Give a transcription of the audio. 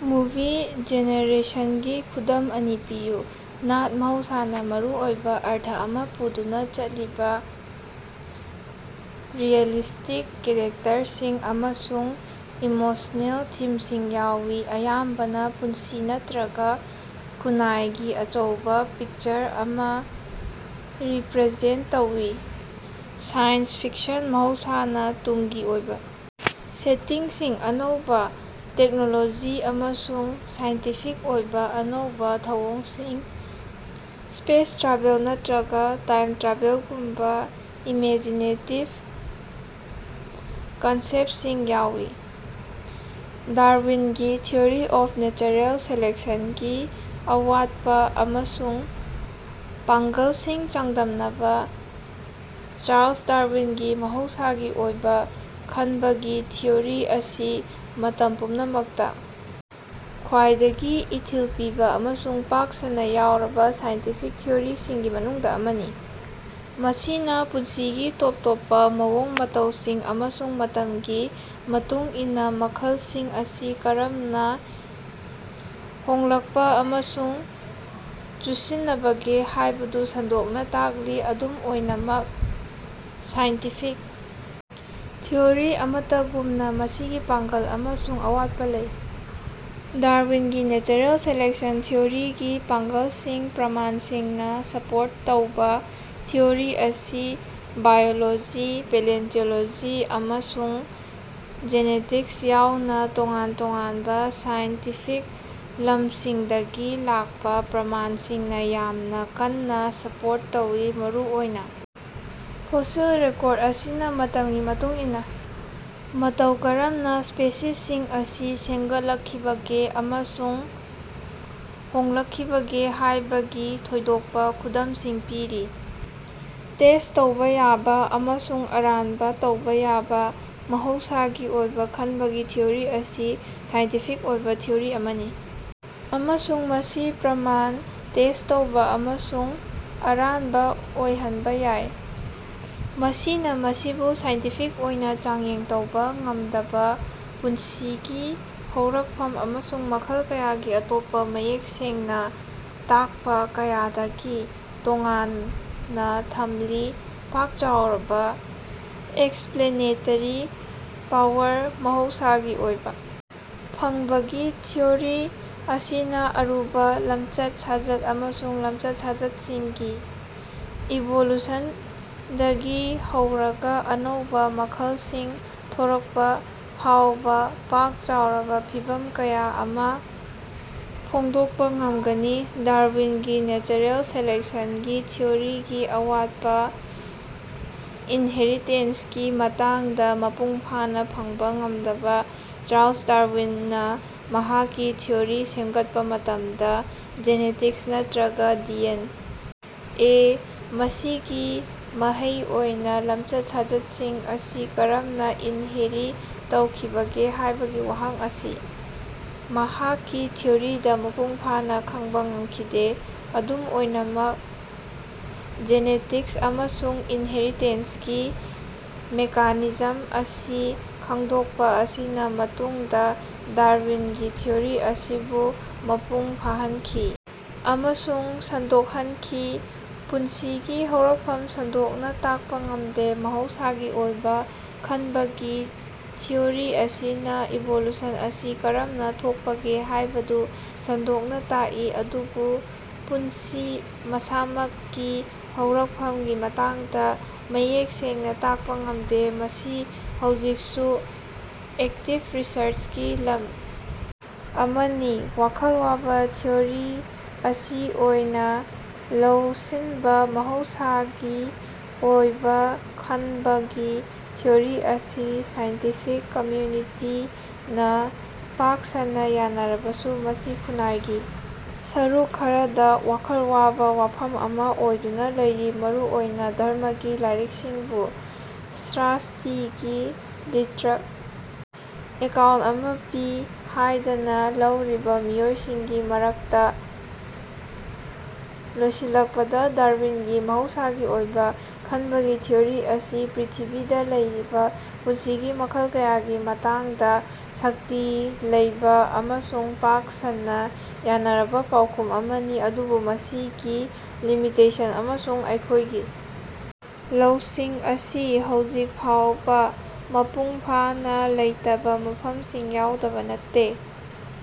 Movie ꯖꯦꯅꯔꯦꯁꯟꯒꯤ ꯈꯨꯗꯝ ꯑꯅꯤ ꯄꯤꯌꯨ꯫ ꯅꯥꯠ ꯃꯍꯧꯁꯥꯅꯥ ꯃꯔꯨ ꯑꯣꯏꯕꯥ ꯑꯔꯊ ꯑꯃꯥ ꯄꯨꯗꯨꯅꯥ ꯆꯠꯂꯤꯕꯥ ꯔꯤꯑꯦꯂꯤꯁ꯭ꯇꯤꯛ ꯀꯦꯔꯦꯛꯇꯔꯁꯤꯡ ꯑꯃꯁꯨꯡ ꯏꯃꯣꯁꯅꯦꯜ ꯊꯤꯝꯁꯤꯡ ꯌꯥꯎꯏ, ꯑꯌꯥꯝꯕꯅꯥ ꯄꯨꯟꯁꯤ ꯅꯠꯇ꯭ꯔꯒꯥ ꯈꯨꯟꯅꯥꯏꯒꯤ ꯑꯆꯧꯕꯥ ꯄꯤꯛꯆꯔ ꯑꯃꯥ ꯔꯤꯞꯔꯖꯦꯟꯇ ꯇꯧꯏ꯫ ꯁꯥꯏꯟꯁ ꯐꯤꯛꯁꯟ ꯃꯍꯧꯁꯥꯅꯥ ꯇꯨꯡꯒꯤ ꯑꯣꯏꯕꯥ ꯁꯦꯇꯤꯡꯁꯤꯡ, ꯑꯅꯧꯕꯥ ꯇꯦꯛꯅꯣꯂꯣꯖꯤ ꯑꯃꯁꯨꯡ ꯁꯥꯏꯟꯇꯤꯐꯤꯛ ꯑꯣꯏꯕꯥ ꯑꯅꯧꯕꯥ ꯊꯧꯑꯣꯡꯁꯤꯡ, ꯁ꯭ꯄꯦꯁ ꯇ꯭ꯔꯥꯚꯦꯜ ꯅꯠꯇ꯭ꯔꯒꯥ ꯇꯥꯏꯝ-ꯇ꯭ꯔꯥꯚꯦꯂꯒꯨꯝꯕꯥ ꯏꯃꯦꯖꯤꯅꯦꯇꯤꯕ ꯀꯟꯁꯦꯞꯇꯁꯤꯡ ꯌꯥꯎꯏ꯫ ꯗꯥꯔꯋꯤꯟꯒꯤ ꯊꯤꯑꯣꯔꯤ ꯑꯣꯐ ꯅꯦꯆꯔꯦꯜ ꯁꯦꯂꯦꯛꯁꯟꯒꯤ ꯑꯋꯥꯠꯄꯥ ꯑꯃꯁꯨꯡ ꯄꯥꯡꯒ꯭ꯜꯁꯤꯡ ꯆꯥꯡꯗꯝꯅꯕꯥ꯫ ꯆꯥꯔꯂꯁ ꯗꯥꯔꯋꯤꯟꯒꯤ ꯃꯍꯧꯁꯥꯒꯤ ꯑꯣꯏꯕꯥ ꯈꯟꯕꯒꯤ ꯊꯤꯑꯣꯔꯤ ꯑꯁꯤ ꯃꯇꯝ ꯄꯨꯝꯅꯃꯛꯇꯥ ꯈ꯭ꯋꯥꯏꯗꯒꯤ ꯏꯊꯤꯜ ꯄꯤꯕꯥ ꯑꯃꯁꯨꯡ ꯄꯥꯛ ꯁꯟꯅꯥ ꯌꯥꯎꯔꯕꯥ ꯁꯥꯏꯟꯇꯤꯐꯤꯛ ꯊꯤꯑꯣꯔꯤꯁꯤꯡꯒꯤ ꯃꯅꯨꯡꯗꯥ ꯑꯃꯅꯤ, ꯃꯁꯤꯅꯥ ꯄꯨꯟꯁꯤꯒꯤ ꯇꯣꯞ ꯇꯣꯞꯄꯥ ꯃꯑꯣꯡ ꯃꯇꯧꯁꯤꯡ ꯑꯃꯁꯨꯡ ꯃꯇꯝꯒꯤ ꯃꯇꯨꯡ ꯏꯟꯅꯥ ꯃꯈꯜꯁꯤꯡ ꯑꯁꯤ ꯀꯔꯝꯅꯥ ꯍꯣꯡꯂꯛꯄꯥ ꯑꯃꯁꯨꯡ ꯆꯨꯁꯤꯟꯅꯕꯒꯦ ꯍꯥꯏꯕꯗꯨ ꯁꯟꯗꯣꯛꯅꯥ ꯇꯥꯛꯂꯤ꯫ ꯑꯗꯨꯝ ꯑꯣꯏꯅꯃꯛ ꯁꯥꯏꯟꯇꯤꯐꯤꯛ ꯊꯤꯑꯣꯔꯤ ꯑꯃꯠꯇꯒꯨꯝꯅꯥ ꯃꯁꯤꯒꯤ ꯄꯥꯡꯒ꯭ꯜ ꯑꯃꯁꯨꯡ ꯑꯋꯥꯠꯄꯥ ꯂꯩ꯫ ꯗꯥꯔꯋꯤꯟꯒꯤ ꯅꯦꯆꯔꯦꯜ ꯁꯦꯂꯦꯛꯁꯟ ꯊꯤꯑꯣꯔꯤꯒꯤ ꯄꯥꯡ꯭ꯒꯜꯁꯤꯡ ꯄ꯭ꯔꯃꯥꯟꯁꯤꯡꯅꯥ ꯁꯄꯣꯔꯠ ꯇꯧꯕꯥ ꯊꯤꯑꯣꯔꯤ ꯑꯁꯤ ꯕꯥꯏꯑꯣꯂꯣꯖꯤ, ꯄꯦꯂꯤꯑꯣꯟꯇꯣꯂꯣꯖꯤ, ꯑꯃꯁꯨꯡ ꯖꯦꯅꯦꯇꯤꯛꯁ ꯌꯥꯎꯅꯥ ꯇꯣꯉꯥꯟ ꯇꯣꯉꯥꯟꯕꯥ ꯁꯥꯏꯟꯇꯤꯐꯤꯛ ꯂꯝꯁꯤꯡꯗꯒꯤ ꯂꯥꯛꯄꯥ ꯄ꯭ꯔꯃꯥꯟꯁꯤꯡꯅꯥ ꯌꯥꯝꯅꯥ ꯀꯟꯅꯥ ꯁꯄꯣꯔꯠ ꯇꯧꯏ꯫ ꯃꯔꯨꯑꯣꯏꯅꯥ ꯐꯣꯁꯤꯜ ꯔꯦꯀꯣꯔꯗ ꯑꯁꯤꯅꯥ ꯃꯇꯝꯒꯤ ꯃꯇꯨꯡ ꯏꯟꯅꯥ ꯃꯇꯧ ꯀꯔꯝꯅꯥ ꯁ꯭ꯄꯦꯁꯤꯁꯁꯤꯡ ꯑꯁꯤ ꯁꯦꯝꯒꯠꯂꯛꯈꯤꯕꯒꯦ ꯑꯃꯁꯨꯡ ꯍꯣꯡꯂꯛꯈꯤꯕꯒꯦ ꯍꯥꯏꯕꯒꯤ ꯊꯣꯏꯗꯣꯛꯄꯥ ꯈꯨꯗꯝꯁꯤꯡ ꯄꯤꯔꯤ꯫ ꯇꯦꯁ꯭ꯠ ꯇꯧꯕ ꯌꯥꯕ ꯑꯃꯁꯨꯡ ꯑꯔꯥꯟꯕ ꯇꯧꯕ ꯌꯥꯕ ꯃꯍꯧꯁꯥꯒꯤ ꯑꯣꯏꯕ ꯈꯟꯕꯒꯤ ꯊꯤꯑꯣꯔꯤ ꯑꯁꯤ ꯁꯥꯏꯟꯇꯤꯐꯤꯛ ꯑꯣꯏꯕ ꯊꯤꯑꯣꯔꯤ ꯑꯃꯅꯤ ꯑꯃꯁꯨꯡ ꯃꯁꯤ ꯄ꯭ꯔꯃꯥꯟꯅꯥ ꯇꯦꯁ꯭ꯠ ꯇꯧꯕ ꯑꯃꯁꯨꯡ ꯑꯔꯥꯟꯕꯥꯑꯣꯏꯍꯟꯕ ꯌꯥꯏ꯫ ꯃꯁꯤꯅꯥ ꯃꯁꯤꯕꯨ ꯁꯥꯏꯟꯇꯤꯐꯤꯛ ꯑꯣꯏꯅ ꯆꯥꯡꯌꯦꯡ ꯇꯧꯕ ꯉꯝꯗꯕꯥ ꯄꯨꯟꯁꯤꯒꯤ ꯍꯧꯔꯛꯐꯝ ꯑꯃꯁꯨꯡ ꯃꯈꯜ ꯀꯌꯥꯒꯤ ꯑꯇꯣꯞꯄꯥ ꯃꯌꯦꯛ ꯁꯦꯡꯅꯥ ꯇꯥꯛꯄꯥ ꯀꯌꯥꯗꯒꯤ ꯇꯣꯉꯥꯟꯅꯥ ꯊꯝꯂꯤ꯫ ꯄꯥꯛ ꯆꯥꯎꯔꯕꯥ ꯑꯦꯛꯁꯞꯂꯦꯅꯦꯇꯦꯔꯤ ꯄꯥꯋꯔ ꯃꯍꯧꯁꯥꯒꯤ ꯑꯣꯏꯕꯥ ꯐꯪꯕꯒꯤ ꯊꯤꯑꯣꯔꯤ ꯑꯁꯤꯅꯥ ꯑꯔꯨꯕꯥ ꯂꯝꯆꯠ ꯁꯥꯖꯠ ꯑꯃꯁꯨꯡ ꯂꯝꯆꯠ-ꯁꯥꯖꯠꯁꯤꯡꯒꯤ ꯏꯚꯣꯂꯨꯁꯟꯗꯒꯤ ꯍꯧꯔꯒꯥ ꯑꯅꯧꯕꯥ ꯃꯈꯜꯁꯤꯡ ꯊꯣꯔꯛꯄ ꯐꯥꯎꯕꯥ ꯄꯥꯛ ꯆꯥꯎꯔꯕꯥ ꯐꯤꯚꯝ ꯀꯌꯥ ꯑꯃꯥ ꯐꯣꯡꯗꯣꯛꯄꯥ ꯉꯝꯒꯅꯤ꯫ ꯗꯥꯔꯋꯤꯟꯒꯤ ꯅꯦꯆꯔꯦꯜ ꯁꯦꯂꯦꯛꯁꯟꯒꯤ ꯊꯤꯑꯣꯔꯤꯒꯤ ꯑꯋꯥꯠꯄꯥ ꯏꯟꯍꯦꯔꯤꯇꯦꯁꯅꯒꯤ ꯃꯇꯥꯡꯗꯥ ꯃꯄꯨꯡ ꯐꯥꯅꯥ ꯈꯪꯕꯥ ꯉꯝꯗꯕꯥ ꯆꯥꯔꯂꯁ ꯗꯥꯔꯋꯤꯟꯅꯥ ꯃꯍꯥꯛꯀꯤ ꯊꯤꯑꯣꯔꯤ ꯁꯦꯝꯒꯠꯄꯥ ꯃꯇꯝꯗ ꯖꯤꯅꯦꯇꯤꯛꯁ ꯅꯠꯇ꯭ꯔꯒ ꯗꯤ.ꯑꯦꯟ. ꯑꯦ. ꯃꯁꯤꯒꯤ ꯃꯍꯩ ꯑꯣꯏꯅꯥ ꯂꯝꯆꯠ-ꯁꯥꯖꯠꯁꯤꯡ ꯑꯁꯤ ꯀꯔꯝꯅꯥ ꯏꯟꯍꯦꯔꯤ ꯇꯧꯈꯤꯕꯒꯦ ꯍꯥꯏꯕꯒꯤ ꯋꯥꯍꯪ ꯑꯁꯤ ꯃꯍꯥꯛꯀꯤ ꯊꯤꯑꯣꯔꯤꯗꯥ ꯃꯄꯨꯡ ꯐꯥꯅꯥ ꯈꯪꯕꯥ ꯉꯃꯈꯤꯗꯦ꯫ ꯑꯗꯨꯝ ꯑꯣꯏꯅꯃꯛ, ꯖꯤꯅꯦꯇꯤꯛꯁ ꯑꯃꯁꯨꯡ ꯏꯟꯍꯦꯔꯤꯇꯦꯁꯅꯒꯤ ꯃꯦꯀꯥꯅꯤꯖꯝ ꯑꯁꯤ ꯈꯪꯗꯣꯛꯄꯥ ꯑꯁꯤꯅꯥ ꯃꯇꯨꯡꯗꯥ ꯗꯥꯔꯋꯤꯟꯒꯤ ꯊꯤꯑꯣꯔꯤ ꯑꯁꯤꯕꯨ ꯃꯄꯨꯡ ꯐꯥꯍꯅꯈꯤ ꯑꯃꯁꯨꯡ ꯁꯟꯗꯣꯛꯍꯟꯈꯤ꯫ ꯄꯨꯟꯁꯤꯒꯤ ꯍꯧꯔꯛꯐꯝ ꯁꯟꯗꯣꯛꯅꯥ ꯇꯥꯛꯄꯥ ꯉꯃꯗꯦ ꯃꯍꯧꯁꯥꯒꯤ ꯑꯣꯏꯕꯥ ꯈꯅꯕꯒꯤ ꯊꯤꯑꯣꯔꯤ ꯑꯁꯤꯅꯥ ꯏꯚ꯭ꯣꯂꯨꯁꯟ ꯑꯁꯤ ꯀꯔꯝꯅꯥ ꯊꯣꯛꯄꯒꯦ ꯍꯥꯏꯕꯗꯨ ꯁꯟꯗꯣꯛꯅꯥ ꯇꯥꯛꯏ ꯑꯗꯨꯕꯨ ꯄꯨꯟꯁꯤ ꯃꯁꯥꯃꯛꯀꯤ ꯍꯧꯔꯛꯐꯝꯒꯤ ꯃꯇꯥꯡꯗꯥ ꯃꯌꯦꯛ ꯁꯦꯡꯅꯥ ꯇꯥꯛꯄꯥ ꯉꯝꯗꯦ꯫ ꯃꯁꯤ ꯍꯧꯖꯤꯛꯁꯨ ꯑꯦꯛꯇꯤꯕ ꯔꯤꯁꯔꯆꯀꯤ ꯂꯝ ꯑꯃꯅꯤ꯫ ꯋꯥꯈꯜ ꯋꯥꯕꯥ ꯊꯤꯑꯣꯔꯤ ꯑꯃꯥ ꯑꯣꯏꯅꯥ ꯂꯧꯁꯤꯅꯕꯥ ꯃꯍꯧꯁꯥꯒꯤ ꯑꯣꯏꯕꯥ ꯈꯟꯕꯒꯤ ꯊꯤꯑꯣꯔꯤ ꯑꯁꯤ ꯁꯥꯏꯟꯇꯤꯐꯤꯛ ꯀꯝꯌꯨꯅꯤꯇꯤꯅꯥ ꯄꯥꯛ ꯁꯟꯅꯥ ꯌꯥꯅꯔꯕꯁꯨ, ꯃꯁꯤ ꯈꯨꯟꯅꯥꯏꯒꯤ ꯁꯔꯨꯛ ꯈꯔꯗꯥ ꯋꯥꯈꯜ ꯋꯥꯕ ꯋꯥꯐꯝ ꯑꯃꯥ ꯑꯣꯏꯗꯨꯅꯥ ꯂꯩꯔꯤ, ꯃꯔꯨ ꯑꯣꯏꯅꯥ ꯙꯔꯝꯃꯒꯤ ꯂꯥꯏꯔꯤꯛꯁꯤꯡꯕꯨ ꯁ꯭ꯔ꯭ꯏꯁ꯭ꯇꯤꯒꯤ ꯂꯤꯇꯔꯜ ꯑꯦꯀꯥꯎꯟꯇ ꯑꯃꯥ ꯄꯤ ꯍꯥꯏꯗꯅ ꯂꯧꯔꯤꯕꯥ ꯃꯤꯑꯣꯏꯁꯤꯡꯒꯤ ꯃꯔꯛꯇꯥ꯫ ꯂꯣꯏꯁꯤꯜꯂꯛꯄꯗꯥ, ꯗꯥꯔꯋꯤꯟꯒꯤ ꯃꯍꯧꯁꯥꯒꯤ ꯑꯣꯏꯕꯥ ꯈꯟꯕꯒꯤ ꯊꯤꯑꯣꯔꯤ ꯑꯁꯤ ꯄ꯭ꯔ꯭ꯤꯊꯤꯕꯤꯗꯥ ꯂꯩꯔꯤꯕꯥ ꯄꯨꯟꯁꯤꯒꯤ ꯃꯈꯜ ꯀꯌꯥꯒꯤ ꯃꯇꯥꯡꯗꯥ ꯁꯛꯇꯤ ꯂꯩꯕ ꯑꯃꯁꯨꯡ ꯄꯥꯛ ꯁꯟꯅꯥ ꯌꯥꯅꯔꯕꯥ ꯄꯥꯎꯈꯨꯝ ꯑꯃꯅꯤ, ꯑꯗꯨꯕꯨ ꯃꯁꯤꯒꯤ ꯂꯤꯃꯤꯇꯦꯁꯟ ꯑꯃꯁꯨꯡ ꯑꯩꯈꯣꯏꯒꯤ ꯂꯧꯁꯤꯡ ꯑꯁꯤ ꯍꯧꯖꯤꯛ ꯐꯥꯎꯕꯥ ꯃꯄꯨꯡ ꯐꯥꯅꯥ ꯂꯩꯇꯕꯥ ꯃꯐꯝꯁꯤꯡ ꯌꯥꯎꯗꯕꯥ ꯅꯠꯇꯦ꯫